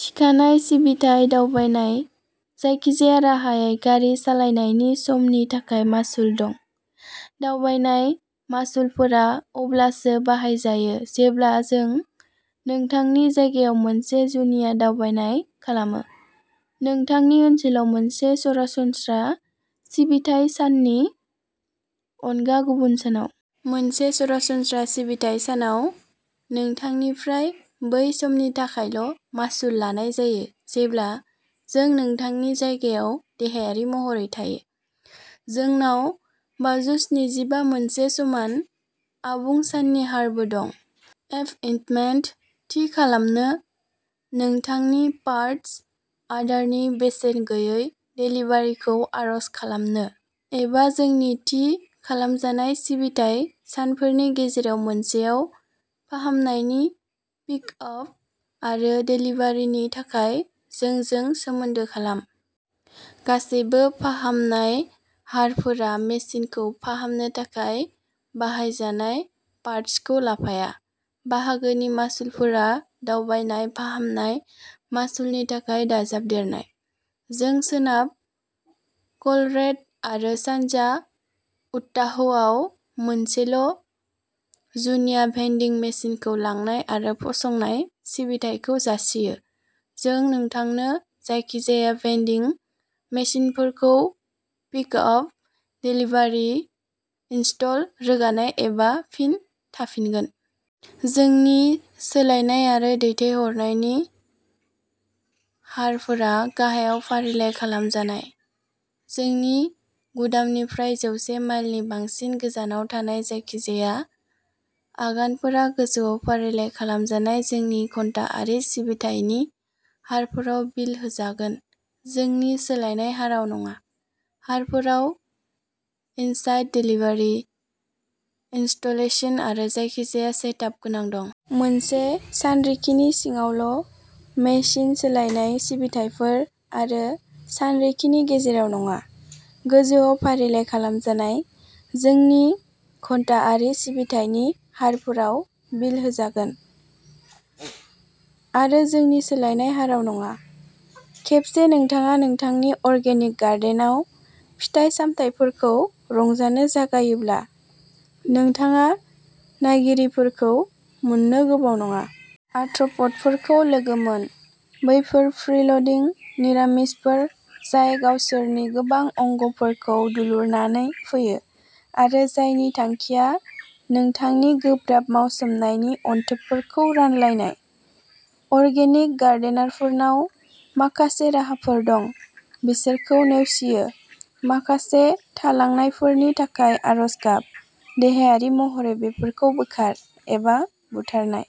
थिखानाय सिबिथाय दावबायनाय, जायखिजाया राहायै गारि सालायनायनि सम नि थाखाय मासुल दं। दावबायनाय मासुलफोरा अब्लासो बाहायजायो जेब्ला जों नोंथांनि जायगायाव मोनसे जुनिया दावबायनाय खालामो, नोंथांनि ओनसोलाव मोनसे सरासनस्रा सिबिथाइ साननि अनगा गुबुन सानाव। मोनसे सरासनस्रा सिबिथाइ सानाव नों थांनिफ्राय बै समनि थाखायल'मासुल लानाय जायो जेब्ला जों नोंथांनि जायगायाव देहायारि महरै थायो। जोंनाव बाजौन्सिजिबा मोनसे समान, आबुं साननि हारबो दं। एपइन्टमेन्ट थि खालामनो, नोंथांनि पार्ट्स अर्डारनि बेसेन गैयै देलिभारिखौ आर'ज खालामनो, एबा जोंनि थि खालामजानाय सिबिथाइ सानफोरनि गेजेराव मोनसेआव फाहामनायनि पिकआप आरो देलिभारिनि थाखाय जोंजों सोमोन्दो खालाम। गासैबो फाहामनाय हारफोरा मेसिनखौ फाहामनो थाखाय बाहायजानाय पार्ट्सखौ लाफाया। बाहागोनि मासुलफोरा दावबायनाय फाहामनाय मासुलनि थाखाय दाजाबदेरनाय। जों सोनाब कलरेड' आरो सानजा उटाहआव मोनसेल' जुनिया भेन्डिं मेसिनखौ लांनाय आरो फसंनाय सिबिथाइखौ जासियो। जों नोंथांनो जायखिजाया भेन्डिं मेसिनफोरखौ पिकआप, देलिभारि, इनस्टल, रोगानाय, एबा फिन थाफिनगोन। जोंनि सोलायनाय आरो दैथायहरनायनि हारफोरा गाहायाव फारिलाइ खालामजानाय। जोंनि गुदामनिफ्राय जौसे माइलनि बांसिन गोजानाव थानाय जायखिजाया आगानफोरा गोजौआव फारिलाइ खालामजानाय जोंनि घन्टाआरि सिबिथायनि हारफोराव बिल होजागोन, जोंनि सोलायनाय हारआव नङा। हारफोराव इनसाइड देलिभारि, इनस्टलेशन आरो जायखिजाया सेटआप गोनां दं। मोनसे सानरिखिनि सिङावल' मेसिन सोलायनाय सिबिथाइफोर, आरो सानरिखिनि गेजेराव नङा, गोजौआव फारिलाइ खालामजानाय जोंनि घन्टाआरि सिबिथायनि हारफोराव बिल होजागोन, आरो जोंनि सोलायनाय हाराव नङा। खेबसे नोंथाङा नोंथांनि अर्गेनिक गार्डेनआव फिथाइ सामथाइफोरखौ रंजानो जागायोब्ला, नोंथाङा नायगिरिफोरखौ मोन्नो गोबाव नङा। आर्थ्र'प'डफोरखौ लोगो मोन। बैफोर फ्रिल'डिं निरामिसफोर जाय गावसोरनि गोबां अंगफोरखौ दुलुरनानै फैयो आरो जायनि थांखिया नोंथांनि गोब्राब मावसोमनायनि अनथोबफोरखौ रानलायनाय। अर्गेनिक गार्डेनारफोरनाव माखासे राहाफोर दं। बिसोरखौ नेवसियो माखासे थालांनायफोरनि थाखाय आरज गाब। देहायारि महरै बेफोरखौ बोखार, एबा, बुथारनाय।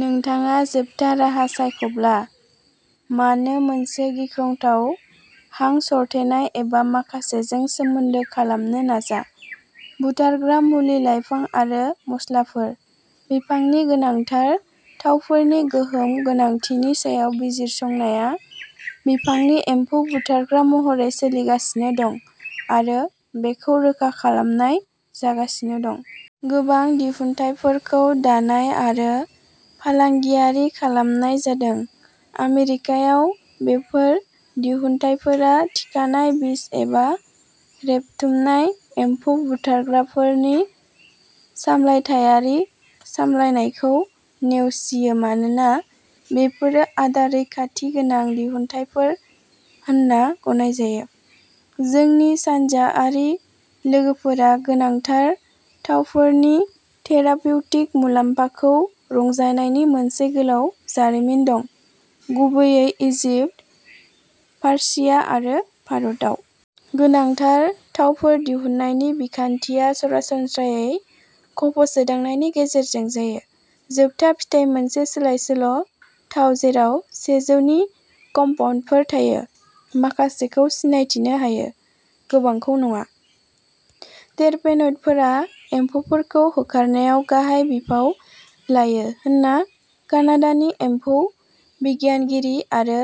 नोंथाङा जोबथा राहा सायख'ब्ला, मानो मोनसे गिख्रंथाव हां सरथेनाय एबा माखासेजों सोमोन्दो खालामनो नाजा। बुथारग्रा मुलि लाइफां आरो मस्लाफोर। बिफांनि गोनांथार थावफोरनि गोहोम गोनांथिनि सायाव बिजिरसंनाया बिफांनि एम्फौ बुथारग्रा महरै सोलिगासिनो दं आरो बेखौ रोखा खालामनाय जागासिनो दं। गोबां दिहुनथायफोरखौ दानाय आरो फालांगियारि खालामनाय जादों। आमेरिकायाव, बेफोर दिहुनथायफोरा थिखानाय बिस एबा रेबथुमनाय एम्फौ बुथारग्राफोरनि सामलायथायारि सामलायनायखौ नेवसियो मानोना बेफोरो आदार रैखाथि गोनां दिहुनथायफोर होनना गनायजायो। जोंनि सानजाआरि लोगोफोरा गोनांथार थावफोरनि थेरापिउटिक मुलाम्फाखौ रंजानायनि मोनसे गोलाव जारिमिन दं, गुबैयै इजिप्ट, फारसिया आरो भारतआव। गोनांथार थावफोर दिहुननायनि बिखान्थिया सरासनस्रायै खफ'सोदांनायनि गेजेरजों जायो। जोबथा फिथाया मोनसे सोलायसोल' थाव जेराव सेजौ नि कम्पाउन्डफोर थायो, माखासेखौ सिनायथिनो हायो, गोबांखौ नङा। टेरपेनइडफोरा एम्फौफोरखौ होखारनायाव गाहाय बिफाव लायो होनना कानाडानि एम्फौ बिगियानगिरि आरो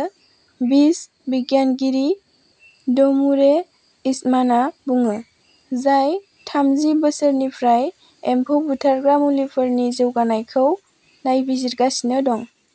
बिस बिगियानगिरि ड मुरे इसमानआ बुङो, जाय थामजि बोसोरफोरनिफ्राय एम्फौ बुथारग्रा मुलिफोरनि जौगानायखौ नायबिजिरगासिनो दं।